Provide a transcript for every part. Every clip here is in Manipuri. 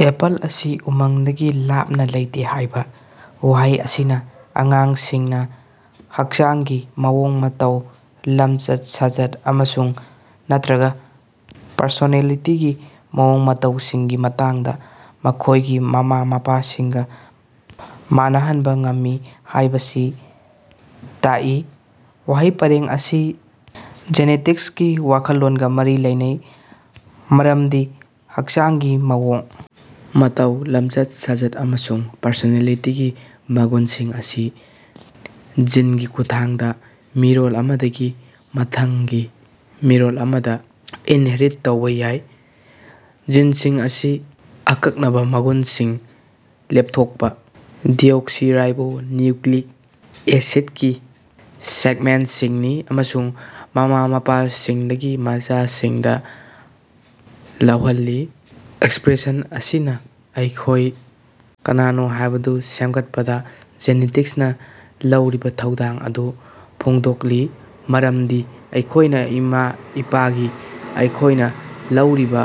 ꯑꯦꯄꯜ ꯑꯁꯤ ꯎꯃꯪꯗꯒꯤ ꯂꯥꯞꯅ ꯂꯩꯇꯦ ꯍꯥꯏꯕ ꯋꯥꯍꯩ ꯑꯁꯤꯅ ꯑꯉꯥꯡꯁꯤꯡꯅ ꯍꯛꯆꯥꯡꯒꯤ ꯃꯑꯣꯡ-ꯃꯇꯧ, ꯂꯝꯆꯠ-ꯁꯥꯖꯠ ꯑꯃꯁꯨꯡ/ꯅꯠꯇ꯭ꯔꯒ ꯄꯔꯁꯣꯅꯦꯂꯤꯇꯤꯒꯤ ꯃꯑꯣꯡ-ꯃꯇꯧꯁꯤꯡꯒꯤ ꯃꯇꯥꯡꯗ ꯃꯈꯣꯏꯒꯤ ꯃꯃꯥ-ꯃꯄꯥꯁꯤꯡꯒ ꯃꯥꯟꯅꯍꯟꯕ ꯉꯝꯃꯤ ꯍꯥꯢꯕꯁꯤ ꯇꯥꯛꯏ ꯫ ꯋꯥꯍꯩ ꯄꯔꯦꯡ ꯑꯁꯤ ꯖꯦꯅꯦꯇꯤꯛꯁꯀꯤ ꯋꯥꯈꯜꯂꯣꯟꯒ ꯃꯔꯤ ꯂꯩꯅꯩ ꯃꯔꯝꯗꯤ ꯍꯛꯆꯥꯡꯒꯤ ꯃꯑꯣꯡ ꯃꯇꯧ, ꯂꯝꯆꯠ-ꯁꯥꯖꯠ ꯑꯃꯁꯨꯡ ꯄꯔꯁꯣꯅꯦꯂꯤꯇꯤꯒꯤ ꯃꯒꯨꯟꯁꯤꯡ ꯑꯁꯤ ꯖꯤꯟꯒꯤ ꯈꯨꯠꯊꯥꯡꯗ ꯃꯤꯔꯣꯜ ꯑꯃꯗꯒꯤ ꯃꯊꯪꯒꯤ ꯃꯤꯔꯣꯜ ꯑꯃꯗ ꯏꯟꯍꯦꯔꯤꯠ ꯇꯧꯕ ꯌꯥꯏ꯫ ꯖꯤꯟꯁꯤꯡ ꯑꯁꯤ ꯑꯀꯛꯅꯕ ꯃꯒꯨꯟꯁꯤꯡ ꯂꯦꯞꯊꯣꯛꯄ ꯗꯤꯑꯣꯛꯁꯤꯔꯥꯏꯕꯣ ꯅꯤꯌꯨꯀ꯭ꯂꯤꯛ ꯑꯦꯁꯤꯠ ꯒꯤ ꯁꯦꯒꯃꯦꯟꯇꯁꯤꯡꯅꯤ ꯑꯃꯁꯨꯡ ꯃꯃꯥ-ꯃꯄꯥꯁꯤꯡꯗꯒꯤ ꯃꯆꯥꯁꯤꯡꯗ ꯂꯧꯍꯜꯂꯤ꯫ ꯑꯦꯛꯁꯄ꯭ꯔꯦꯁꯟ ꯑꯁꯤꯅ ꯑꯩꯈꯣꯏ ꯀꯅꯥꯅꯣ ꯍꯥꯏꯕꯗꯨ ꯁꯦꯝꯒꯠꯄꯗ ꯖꯦꯅꯦꯇꯤꯛꯁꯅ ꯂꯧꯔꯤꯕ ꯊꯧꯗꯥꯡ ꯑꯗꯨ ꯐꯣꯡꯗꯣꯛꯂꯤ ꯃꯔꯝꯗꯤ ꯑꯩꯈꯣꯏꯒꯤ ꯏꯃꯥ-ꯃꯄꯥꯒꯤ ꯑꯩꯈꯣꯏꯅ ꯂꯧꯔꯤꯕ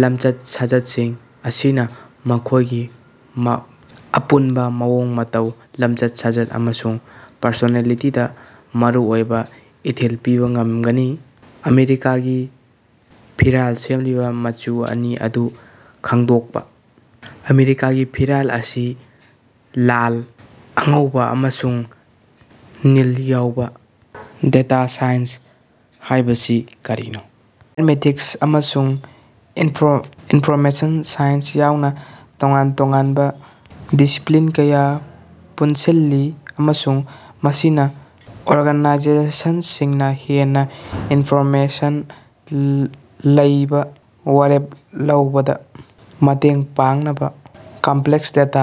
ꯂꯝꯋꯠ-ꯁꯥꯖꯠꯁꯤꯡ ꯑꯁꯤꯅ ꯑꯩꯈꯣꯏꯒꯤ ꯑꯄꯨꯟꯕ ꯃꯑꯣꯡ ꯃꯇꯧ, ꯂꯝꯆꯠ-ꯁꯥꯖꯠ ꯑꯃꯁꯨꯡ ꯄꯔꯁꯣꯅꯦꯂꯤꯇꯤꯗ ꯃꯔꯨꯑꯣꯏꯕ ꯏꯊꯤꯜ ꯄꯤꯕ ꯉꯝꯒꯅꯤ ꯫ ꯑꯃꯦꯔꯤꯀꯥꯒꯤ ꯐꯤꯔꯥꯜ ꯁꯦꯝꯂꯤꯕ ꯃꯆꯨ ꯑꯅꯤ ꯑꯗꯨ ꯈꯪꯗꯣꯛꯄ꯫ ꯑꯃꯦꯔꯤꯀꯥꯒꯤ ꯐꯤꯔꯥꯜ ꯑꯁꯤ ꯂꯥꯜ, ꯑꯉꯧꯕ ꯑꯃꯁꯨꯡ ꯅꯤꯜ ꯌꯥꯎꯕ꯫ ꯗꯦꯇꯥ ꯁꯥꯏꯟꯁ ꯍꯥꯢꯕꯁꯤ ꯀꯔꯤꯅꯣ? ꯃꯦꯊꯃꯦꯇꯤꯛꯁ ꯑꯃꯁꯨꯡ ꯏꯟꯐ꯭ꯔꯣ ꯏꯟꯐꯣꯔꯃꯦꯁꯟ ꯁꯥꯏꯟꯁ ꯌꯥꯎꯅ ꯇꯣꯉꯥꯟ-ꯇꯣꯉꯥꯟꯕ ꯗꯤꯁꯤꯄ꯭ꯂꯤꯟ ꯀꯌꯥ ꯄꯨꯟꯁꯤꯜꯂꯤ ꯑꯃꯁꯨꯡ ꯃꯁꯤꯅ ꯑꯣꯔꯒꯥꯅꯥꯏꯖꯦꯁꯟꯁꯤꯡꯅ ꯍꯦꯟꯅ ꯏꯟꯐꯣꯔꯃꯦꯁꯟ ꯂꯩꯕ ꯋꯥꯔꯦꯞ ꯂꯧꯕꯗ ꯃꯇꯦꯡ ꯄꯥꯡꯅꯕ ꯀꯝꯄ꯭ꯂꯦꯛꯁ ꯗꯦꯇꯥ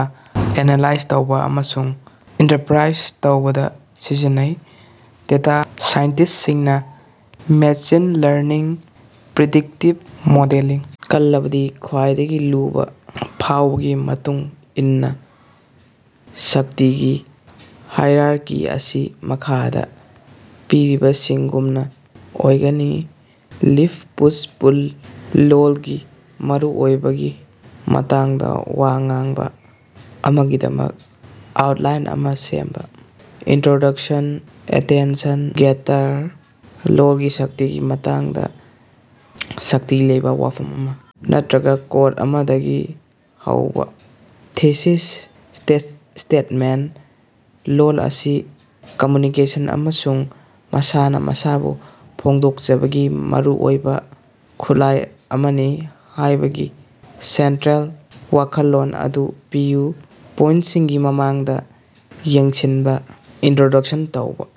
ꯑꯦꯅꯥꯂꯥꯏꯖ ꯇꯧꯕ ꯑꯃꯁꯨꯡ ꯏꯟꯇꯔꯄ꯭ꯔꯥꯏꯖ ꯇꯧꯕꯗ ꯁꯤꯖꯤꯟꯅꯩ꯫ ꯗꯦꯇꯥ ꯁꯥꯏꯟꯇꯤꯁ꯭ꯇꯁꯤꯡꯅ ꯃꯦꯆꯤꯟ ꯂꯔꯅꯤꯡ, ꯄ꯭ꯔꯤꯗꯤꯛꯇꯤꯚ ꯃꯣꯗꯦꯂꯤꯡ ꯀꯜꯂꯕꯗꯤ ꯈ꯭ꯋꯥꯏꯗꯒꯤ ꯂꯨꯕ ꯐꯥꯎꯕꯒꯤ ꯃꯇꯨꯡ ꯏꯟꯅ ꯁꯛꯇꯤꯒꯤ ꯍꯥꯏꯔꯥꯔꯀꯤ ꯑꯁꯤ ꯃꯈꯥꯗ ꯄꯤꯔꯤꯕꯁꯤꯒꯨꯝꯅ ꯑꯣꯏꯒꯅꯤ: ꯂꯤꯐ, ꯄꯨꯁ, ꯄꯨꯜ꯫ ꯂꯣꯜꯒꯤ ꯃꯔꯨꯑꯣꯏꯕꯒꯤ ꯃꯇꯥꯡꯗ ꯋꯥ ꯉꯥꯡꯕ ꯑꯃꯒꯤꯗꯃꯛ ꯑꯥꯎꯇꯂꯥꯏꯟ ꯑꯃ ꯁꯦꯝꯕ꯫ ꯏꯟꯇ꯭ꯔꯣꯗꯛꯁꯟ ꯑꯦꯇꯦꯟꯁꯟ-ꯒꯦꯇꯔ: ꯂꯣꯒꯤ ꯁꯛꯇꯤꯒꯤ ꯃꯇꯥꯡꯗ ꯁꯛꯇꯤ ꯂꯩꯕ ꯋꯥꯐꯝ ꯑꯃ ꯅꯠꯇ꯭ꯔꯒ ꯀꯣꯠ ꯑꯃꯗꯒꯤ ꯍꯧꯕ꯫ ꯊꯤꯁꯤꯁ ꯁ꯭ꯇꯦꯠꯃꯦꯟꯇ: ꯂꯣꯜ ꯑꯁꯤ ꯀꯝꯃꯨꯅꯤꯀꯦꯁꯟ ꯑꯃꯁꯨꯡ ꯃꯁꯥꯅ ꯃꯁꯥꯕꯨ ꯐꯣꯡꯗꯣꯛꯆꯕꯒꯤ ꯃꯔꯨꯑꯣꯏꯕ ꯈꯨꯠꯂꯥꯏ ꯑꯃꯅꯤ ꯍꯥꯏꯕꯒꯤ ꯁꯦꯟꯇ꯭ꯔꯦꯜ ꯋꯥꯈꯜꯂꯣꯟ ꯑꯗꯨ ꯄꯤꯌꯨ꯫ ꯄꯣꯏꯟꯇꯁꯤꯡꯒꯤ ꯃꯃꯥꯡꯗ ꯌꯦꯡꯁꯤꯟꯕ: ꯏꯟꯇ꯭ꯔꯣꯗꯛꯁꯟ ꯇꯧꯕ꯫